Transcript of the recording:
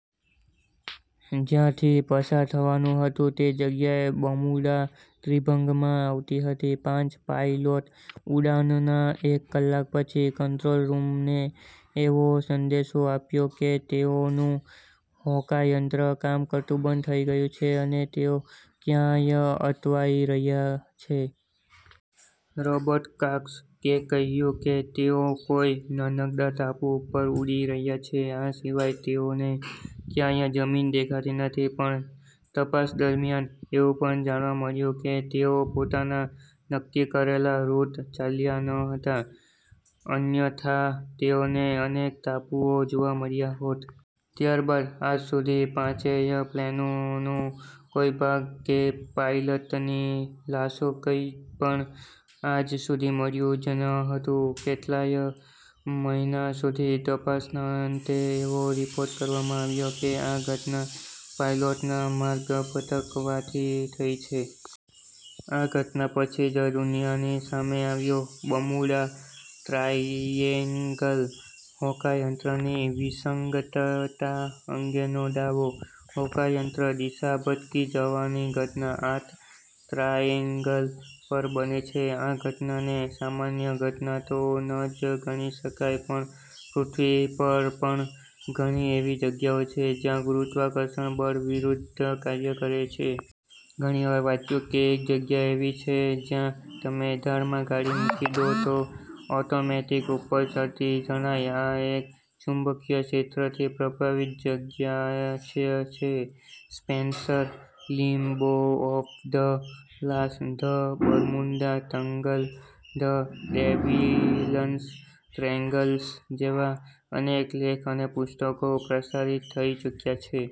જ્યાથી પસાર થવાનુ હતુ એ જગ્યા બર્મુડા ત્રિભંગમાં આવતી હતી. પાંચ પાઇલોટ ઉડાનના એક કલાક પછી કંટ્રોલરૂમને એવો સંદેશો આપ્યો કે તેઓ નુ હોકાયંત્ર કામ કરતુ બંધ થઈ ગયુ છે. અને તેઓ ક્યાય અટવાઇ ગયા છે. રોબર્ટ કાક્સ કે કહ્યુ કે તેઓ કોઇ નાનકડા ટાપુ ઉપર ઉડી રહ્યા છે. આ સિવાય તેઓને ક્યાય જમીન દેખાતી નથી પણ તપાસ દરમ્યાન એવુ પણ જાણવા મળ્યુ કે તેઓ પોતાના નક્કિ કરેલા રૂટ ચાલ્યા ન હતા અન્યથા તેઓને અનેક ટાપુઓ જોવા મળ્યા હોત. ત્યાર બાદ આજ સુધી પાંચેય પ્લેનનો કોઇ ભાગ કે પાઇલટની લાશો કઈ પણ આજ સુધી મળ્યુ જ ન હતુ. કેટલાય મહિના સુધી તપાસના અંતે એવો રીપોર્ટ કરવામાં આવ્યો કે આ ઘટના પાઇલોટના માર્ગ ભટકવાથી થઈ છે. આ ઘટના પછી જ દુનિયાની સામે આવ્યો બર્મુડા ટ્રાયેન્ગલ. હોકાયંત્રની વિસંગતતા અંગેનો દાવો હોકાયંત્ર દિશા ભટકી જવાની ઘટના આટ ટ્રાયેન્ગલ પર બને છે. આ ઘટનાને સામાન્ય ઘટના તો ન જ ગણી શકાય પણ પૃથ્વી પર પણ ઘણી એવી જગ્યાઓ છે જ્યા ગુરુત્વાકર્ષણ બળ વિરુધ્ધ કાર્ય કરે છે. ઘણીવાર વાંચ્યુ કે એક જગ્યા એવી છે. જ્યા તમે ઢાળમાં ગાડી મુકી દો તો ઓટોમેટીક ઉપર ચડતી જણાય આ એક ચુંબકિય ક્ષેત્રથી પ્રભાવિત જગ્યા જ છે. Spencer limbo of the lost, the Bermuda triangle, the devil's triangles જેવા અનેક લેખ અને પુસ્તકો પ્રસારીત થઈ ચુકયા છે.